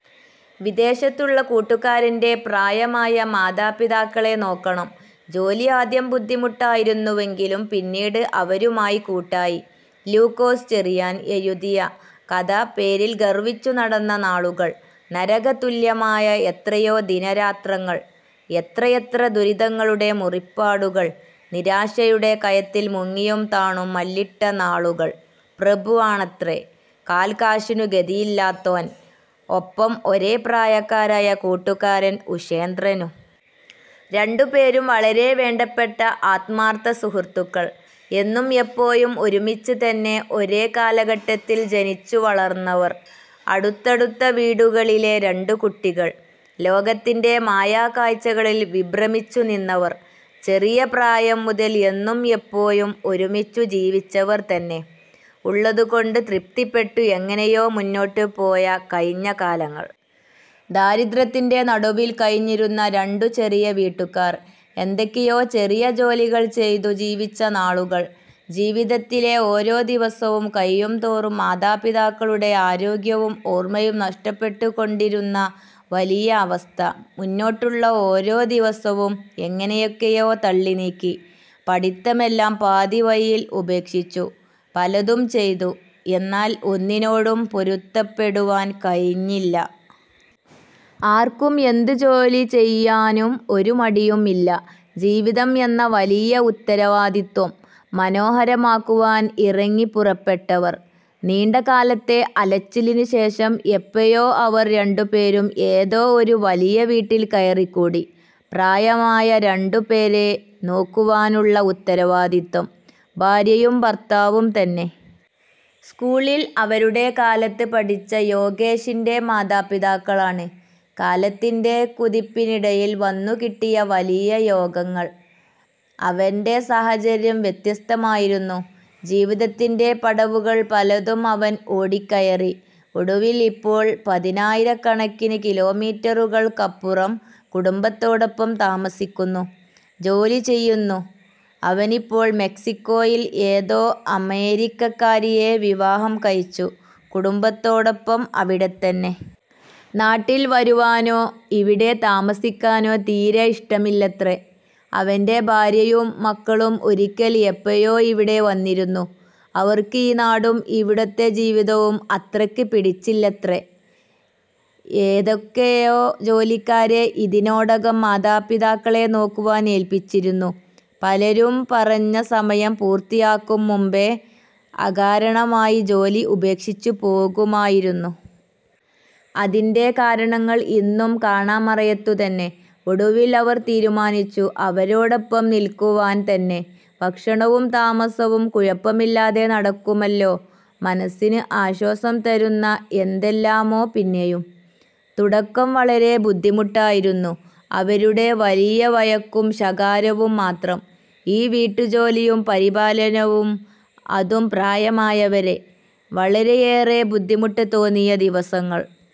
'വിദേശത്തുള്ള കൂട്ടൂകാരന്റെ പ്രായമായ മാതാപിതാക്കളെ നോക്കണം; ജോലി ആദ്യം ബുദ്ധിമുട്ടായിരുന്നുവെങ്കിലും പിന്നീട് അവരുമായി കൂട്ടായി... ' ലൂക്കോസ് ചെറിയാൻ എഴുതിയ കഥ പേരിൽ ഗർവിച്ചു നടന്ന നാളുകൾ, നരക തുല്യമായ എത്രയോ ദിനരാത്രങ്ങൾ, എത്രയെത്ര ദുരിതങ്ങളുടെ മുറിപ്പാടുകൾ, നിരാശയുടെ കയത്തിൽ മുങ്ങിയും താണും മല്ലിട്ട നാളുകൾ 'പ്രഭു' ആണത്രേ, കാൽ കാശിന് ഗതിയില്ലാത്തോൻ, ഒപ്പം ഒരേ പ്രായക്കാരായ കൂട്ടുകാരൻ 'ഉഷേന്ദ്രനും'. രണ്ടുപേരും വളരെ വേണ്ടപ്പെട്ട ആത്മാർഥ സുഹൃത്തുക്കൾ. എന്നും എപ്പോഴും ഒരുമിച്ച്തന്നെ ഒരേ കാലഘട്ടത്തിൽ ജനിച്ചു വളർന്നവർ, അടുത്തടുത്ത വീടുകളിലെ രണ്ടു കുട്ടികൾ, ലോകത്തിന്റെ മായാ കാഴ്ച്ചകളിൽ വിഭ്രമിച്ചു നിന്നവർ. ചെറിയ പ്രായം മുതൽ എന്നും എപ്പോഴും ഒരുമിച്ചു ജീവിച്ചവർ തന്നെ, ഉള്ളതുകൊണ്ട് തൃപ്തിപ്പെട്ടു എങ്ങനെയോ മുന്നോട്ട് പോയ കഴിഞ്ഞ കാലങ്ങൾ... ദാരിദ്ര്യത്തിന്റെ നടുവിൽ കഴിഞ്ഞിരുന്ന രണ്ടു ചെറിയ വീട്ടുകാർ, എന്തൊക്കെയോ ചെറിയ ജോലികൾ ചെയ്തു ജീവിച്ച നാളുകൾ, ജീവിതത്തിലെ ഓരോ ദിവസവും കഴിയും തോറും മാതാപിതാക്കളുടെ ആരോഗ്യവും ഓർമയും നഷ്ടപ്പെട്ടുകൊണ്ടിരുന്ന വലിയ അവസ്ഥ, മുന്നോട്ടുള്ള ഓരോ ദിവസവും എങ്ങനെയൊക്കെയോ തള്ളി നീക്കി. പഠിത്തമെല്ലാം പാതി വഴിയിൽ ഉപേക്ഷിച്ചു, പലതും ചെയ്തു എന്നാൽ ഒന്നിനോടും പൊരുത്തപ്പെടുവാൻ കഴിഞ്ഞില്ല. ആർക്കും എന്തു ജോലി ചെയ്യാനും ഒരു മടിയും ഇല്ല, ജീവിതം എന്ന വലിയ ഉത്തരവാദിത്വം മനോഹരമാക്കുവാൻ ഇറങ്ങി പുറപ്പെട്ടവർ. നീണ്ട കാലത്തെ അലച്ചിലിന് ശേഷം എപ്പോഴോ അവർ രണ്ടുപേരും ഏതോ ഒരു വലിയ വീട്ടിൽ കയറിക്കൂടി. പ്രായമായ രണ്ടുപേരെ നോക്കുവാനുള്ള ഉത്തരവാദിത്വം, ഭാര്യയും ഭർത്താവും തന്നെ. സ്കൂളിൽ അവരുടെ കാലത്ത് പഠിച്ച യോഗേഷിന്റെ മാതാപിതാക്കളാണ്. കാലത്തിന്റെ കുതിപ്പിനിടയിൽ വന്നു കിട്ടിയ വലിയ യോഗങ്ങൾ. അവന്റ സാഹചര്യം വ്യത്യസ്തമായിരുന്നു, ജീവിതത്തിന്റെ പടവുകൾ പലതും അവൻ ഓടി കയറി, ഒടുവിൽ ഇപ്പോൾ പതിനായിരക്കണക്കിന് കിലോമീറ്ററുകൾക്കപ്പുറം കുടുംബത്തോടൊപ്പം താമസിക്കുന്നു, ജോലി ചെയ്യുന്നു. അവനിപ്പോൾ മെക്സിക്കോയിൽ ഏതോ അമേരിക്കക്കാരിയെ വിവാഹം കഴിച്ചു, കുടുംബത്തോടൊപ്പം, അവിടെത്തന്നെ. നാട്ടിൽ വരുവാനോ ഇവിടെ താമസിക്കാനോ തീരെ ഇഷ്ടമില്ലത്രേ, അവന്റെ ഭാര്യയും മക്കളും ഒരിക്കൽ എപ്പോഴോ ഇവിടെ വന്നിരുന്നു. അവർക്ക് ഈ നാടും ഇവിടുത്തെ ജീവിതവും അത്രക്ക് പിടിച്ചില്ലത്രേ. ഏതൊക്കെയോ ജോലിക്കാരെ ഇതിനോടകം മാതാപിതാക്കളെ നോക്കുവാൻ ഏൽപ്പിച്ചിരുന്നു. പലരും പറഞ്ഞ സമയം പൂർത്തിയാക്കും മുൻപേ അകാരണമായി ജോലി ഉപേക്ഷിച്ചു പോകുമായിരുന്നു. അതിന്റെ കാരണങ്ങൾ ഇന്നും കാണാമറയത്തുതന്നെ. ഒടുവിൽ അവർ തീരുമാനിച്ചു അവരോടൊപ്പം നിൽക്കുവാൻ തന്നെ, ഭക്ഷണവും താമസവും കുഴപ്പമില്ലാതെ നടക്കുമല്ലോ, മനസ്സിന് ആശ്വാസം തരുന്ന എന്തെല്ലാമോ പിന്നെയും. തുടക്കം വളരെ ബുദ്ധിമുട്ടായിരുന്നു, അവരുടെ വലിയ വഴക്കും ശകാരവും മാത്രം, ഈ വീട്ടുജോലിയും പരിപാലനവും അതും പ്രായമായവരെ, വളരെയേറെ ബുദ്ധിമുട്ട് തോന്നിയ ദിവസങ്ങൾ.